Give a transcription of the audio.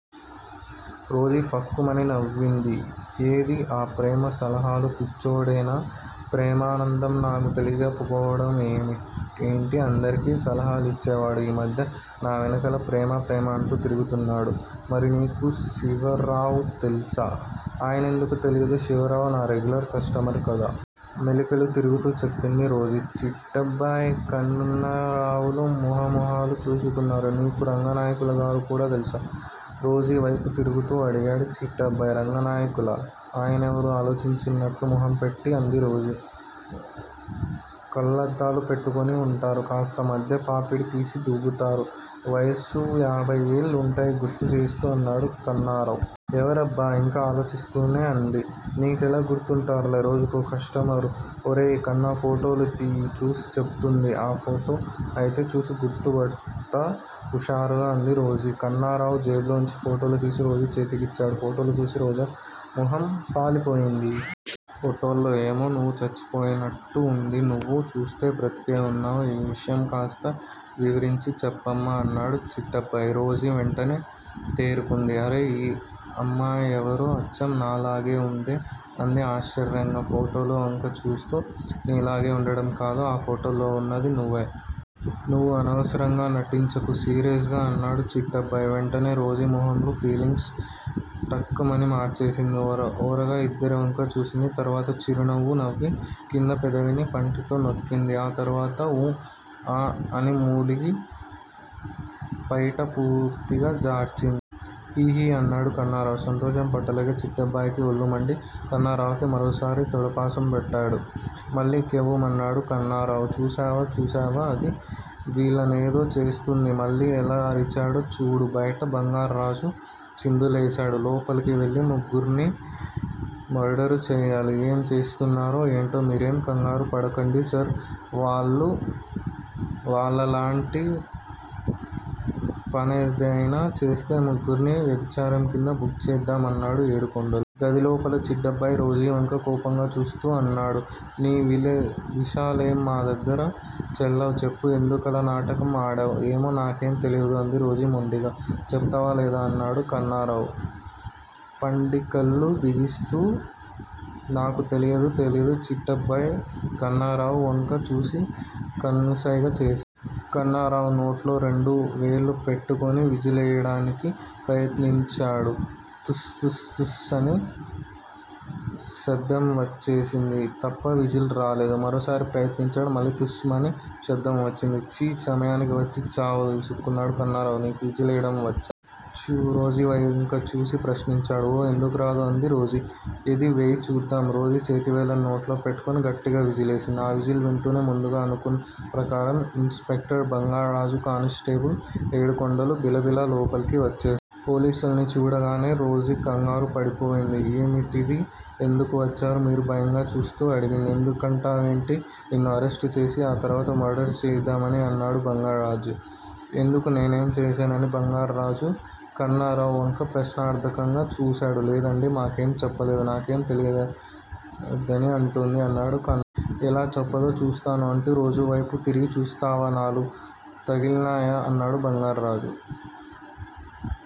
Rosie ఫక్కుమని నవ్వింది. ఏది ఆ ప్రేమ సలహాల పిచ్చోడేనా? ప్రేమనంధం నాకు తెలీకపోవడం ఏంటి అందరికి సలహాలిచ్చేవాడు ఈ మధ్య నా వెనకాల ప్రేమ ప్రేమ అంటూ తిరుగుతున్నాడు మరి నీకు శివరావు తెల్సా? ఆయనెందుకు తెలీదూ? శివరావు నా రెగ్యులర్ కష్టమర్ కదా? మెలికలు తిరుగుతూ చెప్పింది రోజీ. చిట్టబ్బాయ్, కన్నరావులు మొహ మొహాలు చూస్కున్నారు. నీకు రంగనాయకులు గారు కూడా తెల్సా? రోజీవ్తెపు తిరుగుతూ అడిగాడు చిట్టబ్బాయ్. రంగానాయకులా? ఆయనేవరూ?? ఆలోచిస్తున్నట్టు మొహం పెట్టి అంది రోజీ. కళ్ళద్దాలు పెట్టుకుని వుంటారూ? కాస్త మధ్య పాపిడి తిసి దువ్వుతారూ? వయసు యబ్తే ఏళ్లుంటాయి గుర్తు చేస్తూ అన్నాడు కన్నారావు. ఎవరబ్బా!? ఇంకా ఆలోచిస్తూనే అంది. నీకెలా గుర్తుంటార్లె రోజుకో కష్టమారు. ఒరేయ్ కన్నా ఫోటోలు తియ్య్ చూసి చెప్తుంది ఆ ఫోటో అయితే చూసి గుర్తుపడ్తా హుషారుగా అంది రోజీ. కన్నారావు జేబులోంచి ఫోటోలు తిసి రోజీ చేతికి ఇచ్చాడు. ఫోటోలు చూసి రోజీ మొహం పాలి పోయింది. ఫోటోల్లో ఏమో నువ్వు చచ్చిపోయినట్టు ఉంది. నువ్వు చూస్తే బ్రతికే వున్నావ్ ఈ విషయం కాస్త వివరించి చెప్పమ్మా అన్నాడు చిట్టబ్బాయి. రోజీ వెంటనే తేరుకుంది. అరె! ఈ అమ్మాయెవరో అచ్చం నాలాగే ఉందే అంది ఆశ్చర్యంగా ఫోటోల వంక చూస్తూ. నీలాగే ఉండడం కాదు ఆ ఫోటోల్లో ఉన్నది నువ్వే. నువ్వు అనవసరంగా నటించకు సీరియస్ గా అన్నాడు చిట్టబ్బాయ్. వెంటనే రోజీ మొహంలో ఫీలింగ్స్ ఠకిమని మార్చేసింది. ఓరగా ఇద్దరి వంకా చూసింది. తరువాత చిరునవ్వు నవ్వి కింద పెదవిని పంటితో నొక్కింది. ఆ తర్వాత ఊ ఆ అని మూలిగి ప్తెట పూర్తిగా జార్చిం. హి హి అన్నాడు కన్నారావు సంతోషం పట్టలేక. చిట్టబ్బయికి ఒళ్ళుమండి కన్నారావుకి మరోసారి తొడపాశం పెట్టేడు. మళ్ళి కెవ్వుమన్నాడు కన్నారావు. చూశావా చూశావా? అది వీళ్ళనేదో చేస్తుంది. మళ్ళి ఎలా అరిచాడో చూడు!! బయట బంగార్రాజు చిందులేశాడు. లోపలికి వెళ్ళి ముగ్గుర్ని మర్డరు చెయ్యాలి! ఏం చేస్తున్నారో ఏంటో మీరేం కంగారు పడకండి సార్ వాళ్ళు వాళ్ళలాంటి పనేద్తేనా చేస్తే ముగ్గుర్ని వ్యభిచారం కింద బుక్ చేద్దాం అన్నాడు ఏడుకొండలు. గది లోపల చిట్టబ్బాయ్ రోజీవంక కోపంగా చూస్తూ అన్నాడు. ని వేశాలేం మా దగ్గర చెల్లావ్ చెప్పు ఎందుకలా నాటకం ఆడావ్? ఏమో నాకేం తెలిదు అంది రోజీ మొండిగా. చెప్తావా లేదా? అన్నాడు కన్నారావు పండికళ్ళు బిగిస్తూ నాకు తెలిదు తెలిదు చిట్టబ్బాయి కన్నారావు వంక చూసి కన్నుసైగ చేశాడు. కన్నారావు నోట్లో రెండు వెళ్లు పెట్టుకుని విజిలేయ్యడానికి ప్రయత్నించాడు తు స్ స్ స్ స్ అని శబ్దం వచ్చ్సింది తప్ప విజిల్ రాలేదు. మరోసారి ప్రయత్నించాడు మళ్ళి 'తుస్' మని శబ్దం వచ్చింది. ఛి సమయానికి వచ్చి చావదు విసుక్కున్నాడు కన్నారావు. నీకు విజిలేయ్యడం వచ్చా? రోజీ వంక చూసి ప్రశ్నించాడు. ఓ ఎందుకు రాదూ? అంది రోజీ. ఏది వెయ్యి చూద్దాం! రోజీ చేతి వేళ్ళని నోట్లో పెట్టుకుని గట్టిగా విజిలేసింది. ఆ విజిల్ వింటూనే ముందుగా అనుకున్న ప్రకారం ఇన స్పెక్టర్ బంగార్రాజూ, కానిస్టేబులు ఏడు కొండలూ బిలబిలా లోపలికి వచ్చేశా. పోలిసుల్ని చూడగానే రోజీ కంగారు పడిపోయింది. ఏమిటిది? ఎందుకు వచ్చారు మీరు? భయంగా చూస్తూ అడిగింది. ఎందుకంటావెంటి? నిన్ను అరెస్టు చేసి ఆ తర్వాత మర్డరు చేద్దామని అన్నాడు బంగార్రాజు. ఎందుకూ? నేనేం చేశానని?! బంగార్రాజు కన్నారావు వంక ప్రశ్నార్ధకంగా చూశాడు. లేదండి మాకేం చెప్పలేదు నాకేం తెలీదని అంటోంది అన్నాడు కన్నార. ఎలా చెప్పదో చూస్తాను అంటూ రోజీ వ్తెపు తిరిగి చూస్తావా? నాలుగు తగ్గిల్నాయా? అన్నాడు బంగార్ర్రాజు.